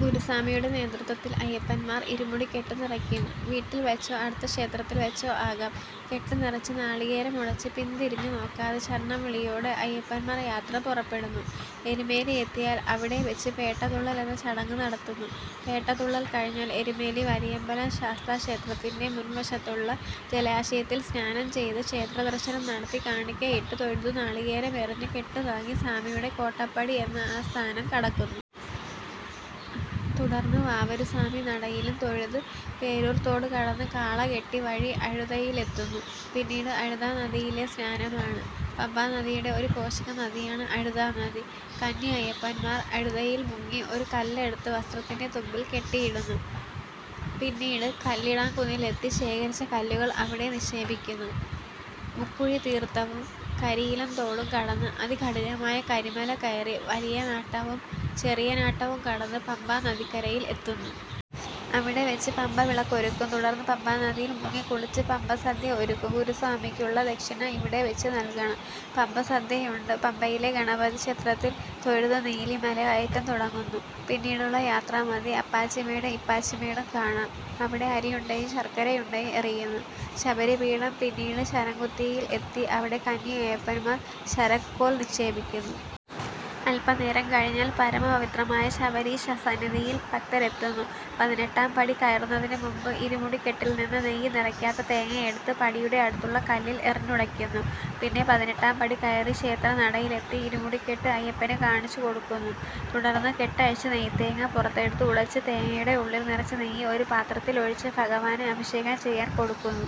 ഗുരുസ്വാമിയുടെ നേതൃത്വത്തിൽ അയ്യപ്പന്മാർ ഇരുമുടിക്കെട്ടുനിറയ്ക്കുന്നു. വീട്ടിൽ വച്ചോ അടുത്ത ക്ഷേത്രത്തിൽ വെച്ചോ ആകാം. കെട്ടുനിറച്ച്, നാളികേരം ഉടച്ച്, പിന്തിരിഞ്ഞു നോക്കാതെ, ശരണം വിളിയോടെ അയ്യപ്പന്മാർ യാത്ര പുറപെടുന്നു. എരുമേലി എത്തിയാൽ അവിടെ വച്ച് പേട്ടതുള്ളൽ എന്ന ചടങ്ങ് നടത്തുന്നു. പേട്ടതുള്ളൽ കഴിഞ്ഞാൽ എരുമേലി വലിയമ്പലം ശാസ്താക്ഷേത്രത്തിന്റെ മുൻവശത്തുള്ള ജലാശയത്തിൽ സ്നാനം ചെയ്തു ക്ഷേത്ര ദർശനം നടത്തി കാണിക്കയിട്ടു തൊഴുതു നാളികേരം എറിഞ്ഞു കെട്ടുതാങ്ങി 'സ്വാമിയുടെ കോട്ടപ്പടി' എന്ന ആ സ്ഥാനം കടക്കുന്നു. തുടർന്ന് വാവരുസ്വാമി നടയിലും തൊഴുത് പേരൂർതോട് കടന്ന് കാളകെട്ടി വഴി അഴുതയിലെത്തുന്നു. പിന്നീട് അഴുതാനദിയിലെ സ്നാനമാണ്. പമ്പാനദിയുടെ ഒരു പോഷകനദിയാണ് അഴുതാനദി. കന്നി അയ്യപ്പന്മാർ അഴുതയിൽ മുങ്ങി ഒരു കല്ലെടുത്ത് വസ്ത്രത്തിന്റെ തുമ്പിൽ കെട്ടിയിടുന്നു. പിന്നീട് കല്ലിടാംകുന്നിലെത്തി ശേഖരിച്ച കല്ലുകൾ അവിടെ നിക്ഷേപിക്കുന്നു. മുക്കുഴിതീർത്ഥവും കരിയിലംതോടും കടന്ന്, അതികഠിനമായ കരിമല കയറി, വലിയാനവട്ടവും ചെറിയാനവട്ടവും കടന്ന് പമ്പാനദിക്കരയിൽ എത്തുന്നു. അവിടെവച്ച് പമ്പവിളക്കൊരുക്കും. തുടർന്ന് പമ്പാനദിയിൽ മുങ്ങിക്കുളിച്ചു പമ്പസദ്യ ഒരുക്കും. ഗുരുസ്വാമിയ്ക്കുള്ള ദക്ഷിണ ഇവിടെവച്ച് നൽകണം. പമ്പസദ്യയുണ്ട് പമ്പയിലെ ഗണപതിക്ഷേത്രത്തിൽ തൊഴുത് നീലിമലകയറ്റം തുടങ്ങുന്നു. പിന്നീടുള്ള യാത്ര മദ്ധ്യേ അപ്പാച്ചിമേടും, ഇപ്പാച്ചിമേടും കാണാം. അവിടെ അരിയുണ്ടയും ശർക്കരയുണ്ടയും എറിയുന്നു. ശബരിപീഠം പിന്നീടു ശരംകുത്തിയിൽ എത്തി അവിടെ കന്നി അയ്യപ്പൻമാർ ശരക്കോൽ നിക്ഷേപിക്കുന്നു. അല്പനേരം കഴിഞ്ഞാൽ പരമപവിത്രമായ ശബരീശസന്നിധിയിൽ ഭക്തരെത്തുന്നു. പതിനെട്ടാം പടി കയറുന്നതിന് മുമ്പ് ഇരുമുടിക്കെട്ടിൽനിന്നും നെയ്യ് നിറയ്ക്കാത്ത തേങ്ങയെടുത്ത് പടിയുടെ അടുത്തുള്ള കല്ലിൽ എറിഞ്ഞുടയ്ക്കുന്നു. പിന്നെ പതിനെട്ടാംപടി കയറി ക്ഷേത്രനടയിലെത്തി ഇരുമുടിക്കെട്ട് അയ്യപ്പന് കാണിച്ചു കൊടുക്കുന്നു. തുടർന്ന്, കെട്ടഴിച്ച് നെയ്തേങ്ങ പുറത്തെടുത്ത് ഉടച്ച്, തേങ്ങയുടെ ഉള്ളിൽ നിറച്ച നെയ്യ് ഒരു പത്രത്തിൽ ഒഴിച്ച് ഭഗവാന് അഭിഷേകം ചെയ്യാൻ കൊടുക്കുന്നു.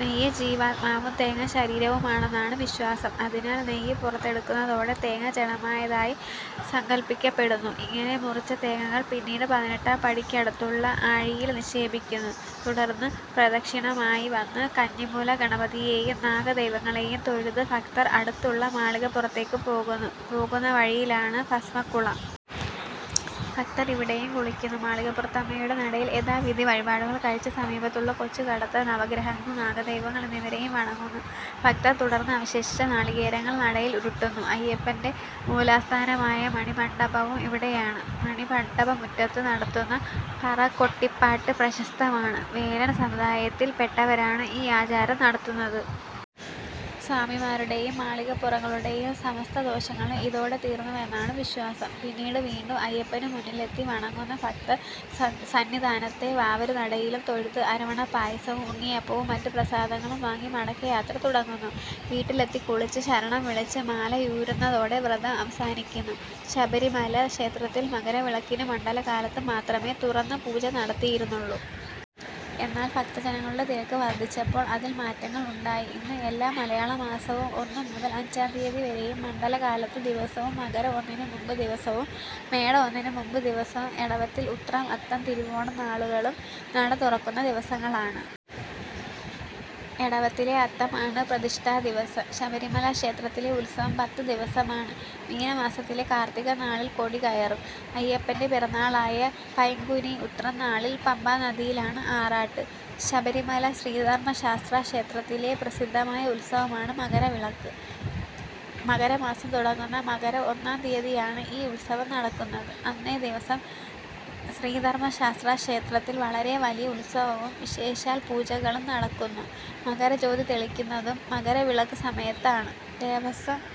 നെയ്യ് ജീവാത്മാവും തേങ്ങ ശരീരവുമാണെന്നാണ് വിശ്വാസം. അതിനാൽ, നെയ്യ് പുറത്തെടുക്കുന്നതോടെ തേങ്ങ ജഡമായതായി സങ്കല്പിയ്ക്കപ്പെടുന്നു. ഇങ്ങനെ മുറിച്ച തേങ്ങകൾ പിന്നീട് പതിനെട്ടാം പടിയ്ക്കടുത്തുള്ള ആഴിയിൽ നിക്ഷേപിയ്ക്കുന്നു. തുടർന്ന്, പ്രദക്ഷിണമായി വന്ന് കന്നിമൂല ഗണപതിയെയും നാഗദൈവങ്ങളെയും തൊഴുത് ഭക്തർ അടുത്തുള്ള മാളികപ്പുറത്തേയ്ക്ക് പോകുന്നു. പോകുന്ന വഴിയിലാണ് ഭസ്മക്കുളം. ഭക്തർ ഇവിടെയും കുളിയ്ക്കുന്നു. മാളികപ്പുറത്തമ്മയുടെ നടയിൽ യഥാവിധി വഴിപാടുകൾ കഴിച്ച് സമീപത്തുള്ള കൊച്ചുകടുത്ത, നവഗ്രഹങ്ങൾ, നാഗദൈവങ്ങൾ എന്നിവരെയും വണങ്ങുന്ന ഭക്തർ തുടർന്ന് അവശേഷിച്ച നാളികേരങ്ങൾ നടയിൽ ഉരുട്ടുന്നു. അയ്യപ്പന്റെ മൂലസ്ഥാനമായ മണിമണ്ഡപവും ഇവിടെയാണ്. മണിമണ്ഡപമുറ്റത്ത് നടത്തുന്ന പറകൊട്ടിപ്പാട്ട് പ്രശസ്തമാണ്. വേലൻ സമുദായത്തിൽ പെട്ടവരാണ് ഈ ആചാരം നടത്തുന്നത്. സ്വാമിമാരുടെയും മാളികപ്പുറങ്ങളുടെയും സമസ്തദോഷങ്ങളും ഇതോടെ തീർന്നുവെന്നാണ് വിശ്വാസം. പിന്നീട്, വീണ്ടും അയ്യപ്പന് മുന്നിലെത്തി വണങ്ങുന്ന ഭക്തർസന്നിധാനത്തെ വാവരുനടയിലും തൊഴുത് അരവണപ്പായസവും ഉണ്ണിയപ്പവും മറ്റ് പ്രസാദങ്ങളും വാങ്ങി മടക്കയാത്ര തുടങ്ങുന്നു. വീട്ടിലെത്തി കുളിച്ച് ശരണംവിളിച്ച് മാലയൂരുന്നതോടെ വ്രതം അവസാനിയ്ക്കുന്നു. ശബരിമല ക്ഷേത്രത്തിൽ മകരവിളക്കിനും മണ്ഡലകാലത്തും മാത്രമേ തുറന്ന് പൂജ നടത്തിയിരുന്നുള്ളു. എന്നാൽ ഭക്തജനങ്ങളുടെ തിരക്ക് വർദ്ധിച്ചപ്പോൾ അതിൽ മാറ്റങ്ങൾ ഉണ്ടായി. ഇന്ന് എല്ലാ മലയാളമാസവും ഒന്ന് മുതൽ അഞ്ചാം തിയതി വരെയും, മണ്ഡല കാലത്ത് ദിവസവും, മകരം ഒന്നിനു മുമ്പ് ദിവസവും, മേടം ഒന്നിനു മുമ്പ് ദിവസവും എടവത്തിൽ ഉത്രം, അത്തം, തിരുവോണം നാളുകളും നടതുറക്കുന്ന ദിവസങ്ങളാണ്. എടവത്തിലെ അത്തമാണ് പ്രതിഷ്ഠാദിവസം. ശബരിമല ക്ഷേത്രത്തിലെ ഉത്സവം പത്തുദിവസമാണ്. മീനമാസത്തിലെ കാർത്തികനാളിൽ കൊടികയറും. അയ്യപ്പന്റെ പിറന്നാളായ പൈങ്കുനി ഉത്രം നാളിൽ പമ്പാനദിയിലാണ് ആറാട്ട്. ശബരിമല ശ്രീധർമ്മശാസ്താക്ഷേത്രത്തിലെ പ്രസിദ്ധമായ ഉത്സവമാണ് മകര വിളക്ക്. മകരമാസം തുടങ്ങുന്ന മകരം ഒന്നാം തീയതിയാണ് ഈ ഉത്സവം നടക്കുന്നത്. അന്നേദിവസം ശ്രീധർമ്മശാസ്താക്ഷേത്രത്തിൽ വളരെ വലിയ ഉത്സവവും വിശേഷാൽ പൂജകളും നടക്കുന്നു. മകരജ്യോതി തെളിക്കുന്നതും മകര വിളക്ക് സമയത്താണ്. ദേവസ്വം